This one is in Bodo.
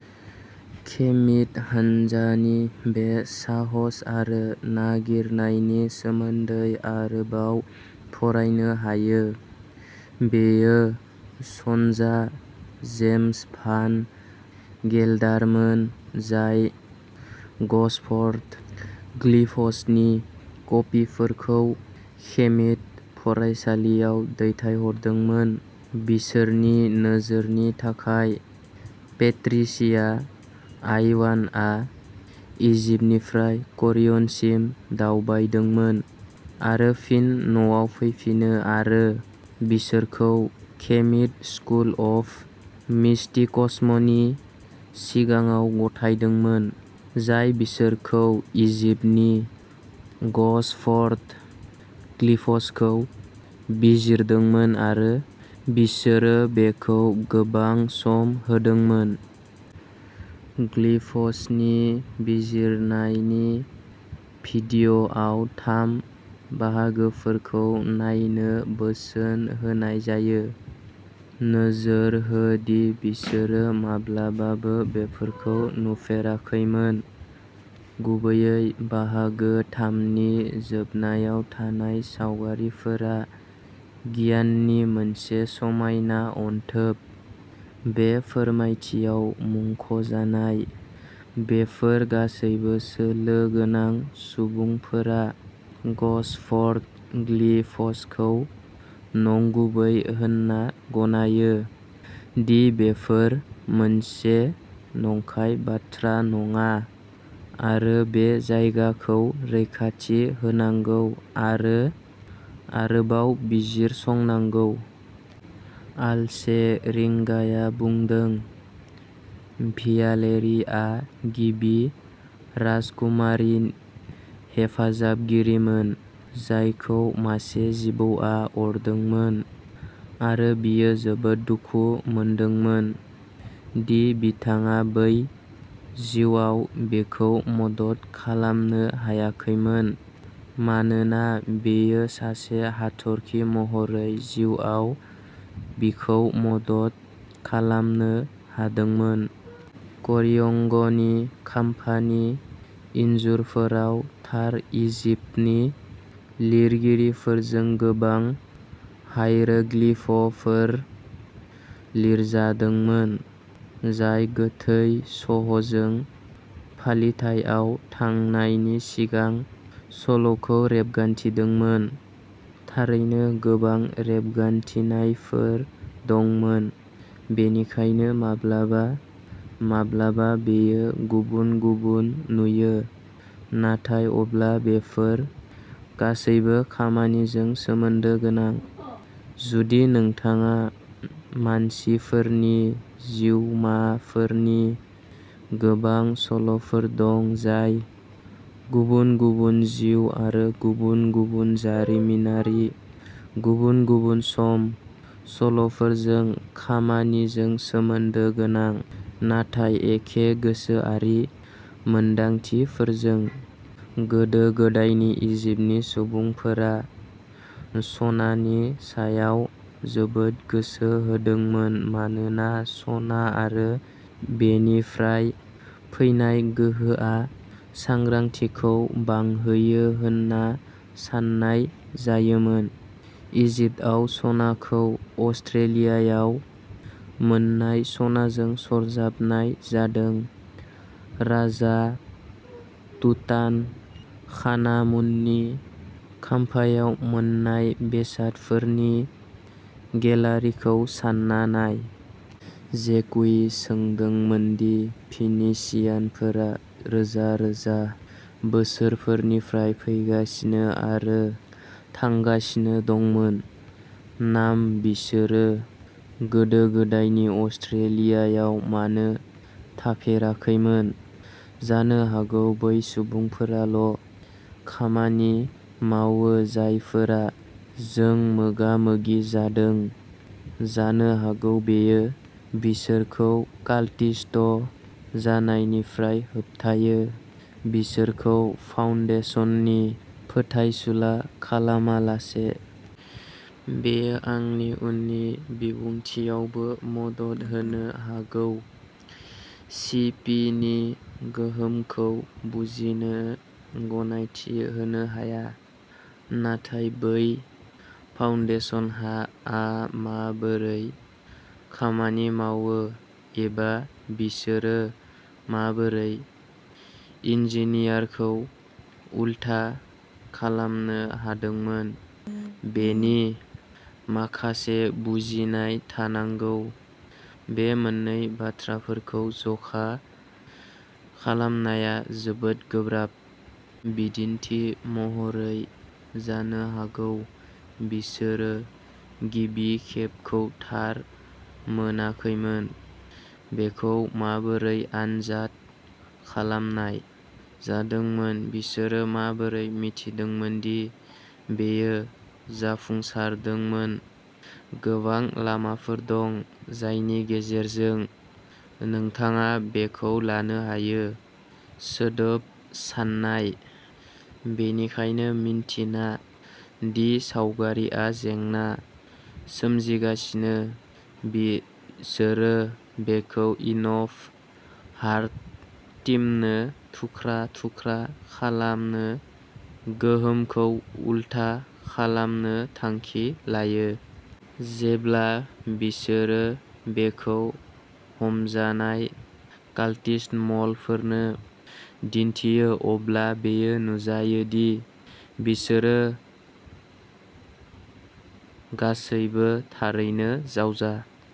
खेमित हानजानि बे साहस आरो नागिरनायनि सोमोन्दै आरोबाव फरायनो हायो। बेयो सनजा जेम्स भान गेलडारमोन जाय ग'सफर्ड ग्लिफ्सनि कपिफोरखौ खेमित फरायसालियाव दैथायहरदोंमोन, बिसोरनि नोजोरनि थाखाय। पेट्रिसिया आइवानआ इजिप्टनिफ्राय करियन सिम दावबायदोंमोन आरो फिन न'आव फैफिनो आरो बिसोरखौ खेमित स्कुल अफ मिस्टिक्समनि सिगाङाव गथायदोंमोन, जाय बिसोरखौ इजिप्टनि ग'सफर्ड ग्लिफ्सखौ बिजिरदोंमोन आरो बिसोरो बेखौ गोबां सम होदोंमोन। ग्लिफ्सनि बिजिरनायनि भिडिअ'आव थाम बाहागोफोरखौ नायनो बोसोन होनाय जायो। नोजोर हो दि बिसोरो माब्लाबाबो बेफोरखौ नुफेराखैमोन। गुबैयै बाहागो थाम नि जोबनायाव थानाय सावगारिफोरा गियाननि मोनसे समायना अनथोब। बे फोरमायथियाव मुंख'जानाय बेफोर गासैबो सोलो गोनां सुबुंफोरा ग'सफर्ड ग्लिफ्सखौ नंगुबै होनना गनायो दि बेफोर मोनसे नंखाय बाथ्रा नङा आरो बे जायगाखौ रैखाथि होनांगौ आरो आरोबाव बिजिरसंनांगौ। आल्चे रिंगाया बुंदों। भियालेरी आ गिबि राजकुमारनि हेफाजाबगिरिमोन, जायखौ मासे जिबौआ अरदोंमोन। आरो बियो जोबोद दुखु मोनदोंमोन दि बिथाङा बै जिउआव बिखौ मदद खालामनो हायाखैमोन मानोना बियो सासे हाथरखि महरै जिउआव बिखौ मदद खालामनो हादोंमोन। करियोंगनि खाम्फानि इन्जुरफोराव थार इजिप्टनि लिरगिरिफोरजों गोबां हाइरोग्लिफफोर लिरजादोंमोन, जाय गोथै सह'जों फालिथाइआव थांनायनि सिगां सल'खौ रेबगान्थिदोंमोन। थारैनो गोबां रेबगान्थिनायफोर दंमोन बेनिखायनो माब्लाबा माब्लाबा बेयो गुबुन-गुबुन नुयो नाथाय अब्ला बेफोर गासैबो खामानिजों सोमोन्दो गोनां, जुदि नोंथाङा मानसिफोरनि जिउमाफोरनि गोबां सल'फोर दं, जाय गुबुन-गुबुन जिउ आरो गुबुन-गुबुन जारिमिनारि गुबुन-गुबुन सम सल'फोरजों खामानिजों सोमोन्दो गोनां, नाथाय एखे गोसोआरि मोनदांथिफोरजों। गोदो गोदायनि इजिप्टनि सुबुंफोरा सनानि सायाव जोबोद गोसो होदोंमोन मानोना सना आरो बेनिफ्राय फैनाय गोहोआ सांग्रांथिखौ बांहोयो होनना साननाय जायोमोन। इजिप्टआव सनाखौ अस्ट्रेलियायाव मोननाय सनाजों सरजाबनाय जादों। राजा तुतान खानामुननि खाम्फायाव मोननाय बेसादफोरनि गेलारिखौ सान्ना नाय। जेकुइ सोंदोंमोन दि फिनीसियानफोरा रोजा रोजा बोसोरफोरनिफ्राय फैगासिनो आरो थांगासिनो दंमोन नामा, बिसोरो गोदो-गोदायनि अस्ट्रेलियायाव मानो थाफेराखैमोन? जानो हागौ बै सुबुंफोराल' खामानि मावो जायफोरा जों मोगामोगि जादों जानो हागौ बेयो बिसोरखौ काल्टिस्ट जानायनिफ्राय होबथायो, बिसोरखौ फाउन्डेसननि फोथायसुला खालामालासे। बेयो आंनि उननि बिबुंथिआवबो मदद होनो हागौ। सि पि नि गोहोमखौ बुजिनो गनायथि होनो हाया। नाथाय बै फाउन्डेसनहा आ माबोरै खामानि मावो, एबा बिसोरो माबोरै इन्जिनियार खौ उलथा खालामनो हादोंमोन बेनि माखासे बुजिनाय थानांगौ बे मोननै बाथ्राफोरखौ जखा खालामनाया जोबोद गोब्राब। बिदिन्थि महरै, जानो हागौ बिसोरो गिबि खेब खौ थार मोनाखैमोन। बेखौ माबोरै आनजाद खालामनाय जादोंमोन बिसोरो माबोरै मिथिदोंमोन दि बेयो जाफुंसारदोंमोन, गोबां लामाफोर दं जायनि गेजेरजों नोंथाङा बेखौ लानो हायो। सोदोब साननाया। बेनिखायनो मिन्थिना दि सावगारिआ जेंना सोमजिगासिनो, बिसोरो बेखौ इनफ' हार्ड टीमनो थुख्रा थुख्रा खालामो, गोहोमखौ उलथा खालामनो थांखि लायो। जेब्ला बिसोरो बेखौ हमजानाय कालटिस्ट म'लफोरनो दिन्थियो अब्ला बेयो नुजायो दि बिसोरो गासैबो थारैनो जावजा।